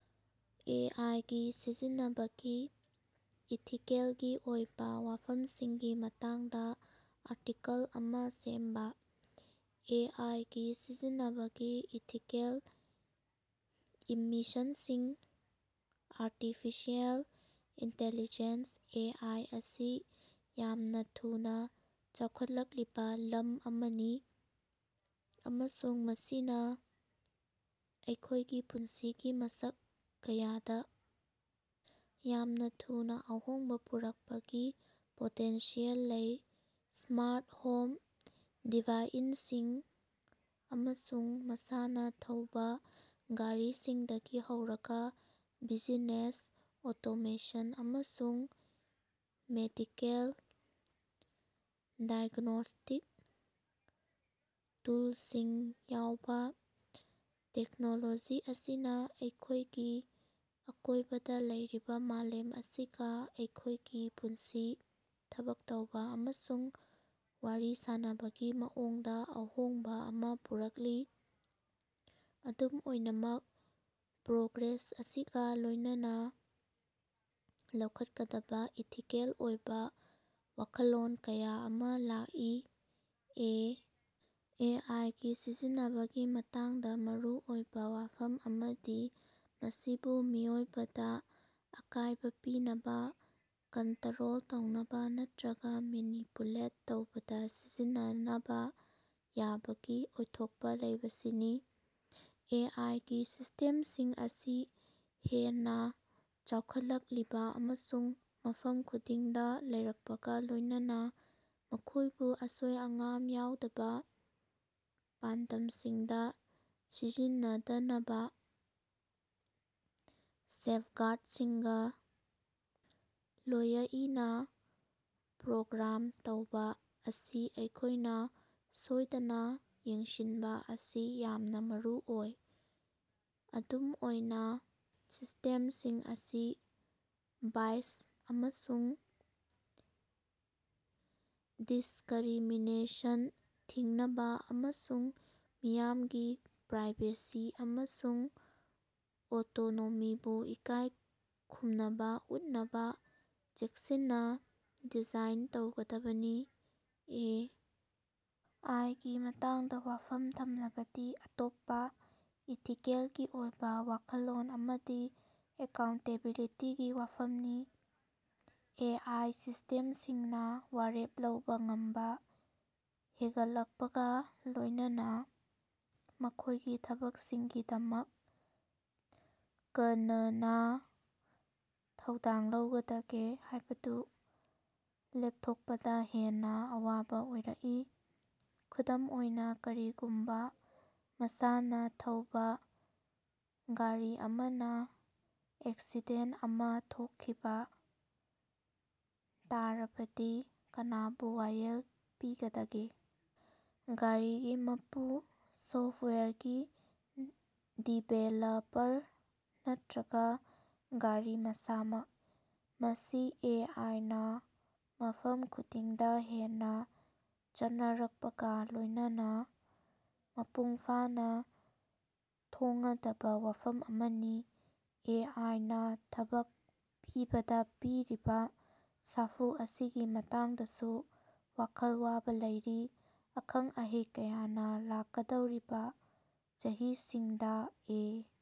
ꯑꯦ. I. ꯒꯤ ꯁꯤꯖꯤꯟꯅꯕꯒꯤ ꯏꯊꯤꯀꯦꯜꯒꯤ ꯑꯣꯏꯕꯥ ꯋꯥꯐꯝꯁꯤꯡꯒꯤ ꯃꯇꯥꯡꯗꯥ ꯑꯥꯔꯇꯤꯀꯜ ꯑꯃꯥ ꯁꯦꯝꯕꯥ꯫ ꯑꯦ. ꯑꯥꯏ. ꯒꯤ ꯁꯤꯖꯤꯟꯅꯕꯒꯤ ꯏꯊꯤꯀꯦꯜ ꯏꯝꯃꯤꯁꯟꯁꯤꯡ ꯑꯥꯔꯇꯤꯐꯤꯁꯤꯑꯦꯜ ꯏꯟꯇꯤꯂꯤꯖꯦꯟꯁ (ꯑꯦ. ꯑꯥꯏ.) ꯑꯁꯤ ꯌꯥꯝꯅꯥ ꯊꯨꯅꯥ ꯆꯥꯎꯈꯠꯂꯛꯂꯤꯕꯥ ꯂꯝ ꯑꯃꯅꯤ ꯑꯃꯁꯨꯡ ꯃꯁꯤꯅꯥ ꯑꯩꯈꯣꯏꯒꯤ ꯄꯨꯟꯁꯤꯒꯤ ꯃꯁꯛ ꯀꯌꯥꯗꯥ ꯌꯥꯝꯅꯥ ꯊꯨꯅꯥ ꯑꯍꯣꯡꯕꯥ ꯄꯨꯔꯛꯄꯒꯤ ꯄꯣꯇꯦꯟꯁꯤꯌꯦꯜ ꯂꯩ꯫ ꯁ꯭ꯃꯥꯔꯠ ꯍꯣꯝ ꯗꯤꯚꯥꯏꯟꯁꯤꯡ ꯑꯃꯁꯨꯡ ꯃꯁꯥꯅ ꯊꯧꯕꯥ ꯒꯥꯔꯤꯁꯤꯡꯗꯒꯤ ꯍꯧꯔꯒꯥ ꯕꯤꯖꯤꯅꯦꯁ ꯑꯣꯇꯣꯃꯦꯁꯟ ꯑꯃꯁꯨꯡ ꯃꯦꯗꯤꯀꯦꯜ ꯗꯥꯏꯒ꯭ꯅꯣꯁ꯭ꯇꯤꯛ ꯇꯨꯜꯁꯤꯡ ꯌꯎꯕꯥ, ꯇꯦꯛꯅꯣꯂꯣꯖꯤ ꯑꯁꯤꯅꯥ ꯑꯩꯈꯣꯏꯒꯤ ꯑꯀꯣꯏꯕꯗꯥ ꯂꯩꯔꯤꯕꯥ ꯃꯥꯂꯦꯝ ꯑꯁꯤꯒꯥ ꯑꯩꯈꯣꯏꯒꯤ ꯄꯨꯟꯁꯤ, ꯊꯕꯛ ꯇꯧꯕꯥ ꯑꯃꯁꯨꯡ ꯋꯥꯔꯤ ꯁꯥꯅꯕꯒꯤ ꯃꯑꯣꯡꯗꯥ ꯑꯍꯣꯡꯕꯥ ꯑꯃꯥ ꯄꯨꯔꯛꯂꯤ꯫ ꯑꯗꯨꯝ ꯑꯣꯏꯅꯃꯛ, ꯄ꯭ꯔꯣꯒ꯭ꯔꯦꯁ ꯑꯁꯤꯒꯥ ꯂꯣꯏꯅꯅꯥ ꯂꯧꯈꯠꯀꯗꯕꯥ ꯏꯊꯤꯀꯦꯜꯒꯤ ꯑꯣꯏꯕꯥ ꯋꯥꯈꯜꯂꯣꯟ ꯀꯌꯥ ꯑꯃꯥ ꯂꯥꯛꯏ꯫ ꯑꯦ. ꯑꯥꯏ. ꯒꯤ ꯁꯤꯖꯤꯟꯅꯕꯒꯤ ꯃꯇꯥꯡꯗꯥ ꯃꯔꯨꯑꯣꯏꯕꯥ ꯋꯥꯐꯝ ꯑꯃꯗꯤ ꯃꯁꯤꯕꯨ ꯃꯤꯑꯣꯏꯕꯗꯥ ꯑꯀꯥꯏꯕꯥ ꯄꯤꯅꯕꯥ, ꯀꯟꯇꯔꯣꯜ ꯇꯧꯅꯕꯥ ꯅꯠꯇꯔꯒꯥ ꯃꯦꯅꯤꯄꯨꯂꯦꯠ ꯇꯧꯕꯗꯥ ꯁꯤꯖꯤꯟꯅꯅꯕꯥ ꯌꯥꯕꯒꯤ ꯑꯣꯏꯊꯣꯛꯄꯥ ꯂꯩꯕꯁꯤꯅꯤ꯫ ꯑꯦ. ꯑꯥꯏ. ꯒꯤ ꯁꯤꯁ꯭ꯇꯦꯝꯁꯤꯡ ꯑꯁꯤ ꯍꯦꯟꯅꯥ ꯆꯥꯎꯈꯠꯂꯛꯂꯤꯕꯥ ꯑꯃꯁꯨꯡ ꯃꯐꯝ ꯈꯨꯗꯤꯡꯗꯥ ꯂꯩꯔꯛꯄꯒꯥ ꯂꯣꯏꯅꯅꯥ, ꯃꯈꯣꯏꯕꯨ ꯑꯁꯣꯏ-ꯑꯉꯥꯝ ꯌꯥꯎꯗꯕꯥ ꯄꯥꯟꯗꯝꯁꯤꯡꯗꯥ ꯁꯤꯖꯤꯟꯅꯗꯅꯕꯥ ꯁꯦꯐꯒꯥꯔꯗꯁꯤꯡꯒꯥ ꯂꯣꯌꯏꯅꯥ ꯄ꯭ꯔꯣꯒ꯭ꯔꯥꯝ ꯇꯧꯕꯥ ꯑꯁꯤ ꯑꯩꯈꯣꯏꯅꯥ ꯁꯣꯏꯗꯅꯥ ꯌꯦꯡꯁꯤꯟꯕꯥ ꯑꯁꯤ ꯌꯥꯝꯅꯥ ꯃꯔꯨꯑꯣꯏ꯫ ꯑꯗꯨꯝ ꯑꯣꯏꯅꯥ, ꯁꯤꯁ꯭ꯇꯦꯝꯁꯤꯡ ꯑꯁꯤ ꯕꯥꯏꯁ ꯑꯃꯁꯨꯡ ꯗꯤꯁꯀꯔꯤꯃꯤꯅꯦꯁꯟ ꯊꯤꯡꯅꯕꯥ, ꯑꯃꯁꯨꯡ ꯃꯤꯌꯥꯝꯒꯤ ꯄ꯭ꯔꯥꯏꯚꯦꯁꯤ ꯑꯃꯁꯨꯡ ꯑꯣꯇꯣꯅꯣꯃꯤꯕꯨ ꯏꯀꯥꯏꯈꯨꯝꯅꯕꯥ ꯎꯠꯅꯕꯥ ꯆꯦꯛꯁꯤꯟꯅꯥ ꯗꯤꯖꯥꯏꯟ ꯇꯧꯒꯗꯕꯅꯤ꯫ ꯑꯦ. ꯑꯥꯏ. ꯒꯤ ꯃꯇꯥꯡꯗꯥ ꯋꯥꯐꯝ ꯊꯝꯂꯕꯗꯤ ꯑꯇꯣꯞꯄꯥ ꯏꯊꯤꯀꯦꯜꯒꯤ ꯑꯣꯏꯕꯥ ꯋꯥꯈꯜꯂꯣꯟ ꯑꯃꯗꯤ ꯑꯦꯀꯥꯎꯟꯇꯦꯕꯤꯂꯤꯇꯤꯒꯤ ꯋꯥꯐꯝꯅꯤ꯫ ꯑꯦ. ꯑꯥꯏ. ꯁꯤꯁ꯭ꯇꯦꯝꯁꯤꯡꯅꯥ ꯋꯥꯔꯦꯞ ꯂꯧꯕꯥ ꯉꯝꯕꯥ ꯍꯦꯒꯠꯂꯛꯄꯒꯥ ꯂꯣꯏꯅꯅꯥ ꯃꯈꯣꯏꯒꯤ ꯊꯕꯛꯁꯤꯡꯒꯤꯗꯃꯛ ꯀꯅꯅꯥ ꯊꯧꯗꯥꯡ ꯂꯧꯒꯗꯒꯦ ꯍꯥꯏꯕꯗꯨ ꯂꯦꯞꯊꯣꯛꯄꯗꯥ ꯍꯦꯟꯅꯥ ꯑꯋꯥꯕꯥ ꯑꯣꯏꯔꯛꯏ꯫ ꯈꯨꯗꯝ ꯑꯣꯏꯅꯥ, ꯀꯔꯤꯒꯨꯝꯕꯥ ꯃꯁꯥꯅ ꯊꯧꯕꯥ ꯒꯥꯔꯤ ꯑꯃꯅꯥ ꯑꯦꯛꯁꯤꯗꯦꯟ ꯑꯃꯥ ꯊꯣꯈꯤꯕꯥ ꯇꯥꯔꯕꯗꯤ ꯀꯅꯥꯕꯨ ꯋꯥꯌꯦꯜ ꯄꯤꯒꯗꯒꯦ? ꯒꯥꯔꯤꯒꯤ ꯃꯄꯨ, ꯁꯣꯐꯋꯦꯌꯔꯒꯤ ꯗꯤꯕꯦꯂꯄꯔ ꯅꯠꯇꯔꯒꯥ ꯒꯥꯔꯤ ꯃꯁꯥꯃꯛ? ꯃꯁꯤ ꯑꯦ. ꯑꯥꯏ. ꯅꯥ ꯃꯐꯝ ꯈꯨꯗꯤꯡꯗꯥ ꯍꯦꯟꯅꯥ ꯆꯠꯅꯔꯛꯄꯒꯥ ꯂꯣꯏꯅꯅꯥ ꯃꯄꯨꯡ ꯐꯥꯅꯥ ꯊꯦꯡꯉꯗꯕꯥ ꯋꯥꯐꯝ ꯑꯃꯅꯤ꯫ ꯑꯦ. ꯑꯥꯏ. ꯅꯥ ꯊꯕꯛ ꯄꯤꯕꯗꯥ ꯄꯤꯔꯤꯕꯥ ꯁꯥꯐꯨ ꯑꯁꯤꯒꯤ ꯃꯇꯥꯡꯗꯁꯨ ꯋꯥꯈꯜ ꯋꯥꯕꯥ ꯂꯩꯔꯤ꯫ ꯑꯈꯪ -ꯑꯍꯩ ꯀꯌꯥꯅ ꯂꯥꯛꯀꯗꯧꯔꯤꯕꯥ ꯆꯍꯤꯁꯤꯡꯗꯥ ꯑꯦ.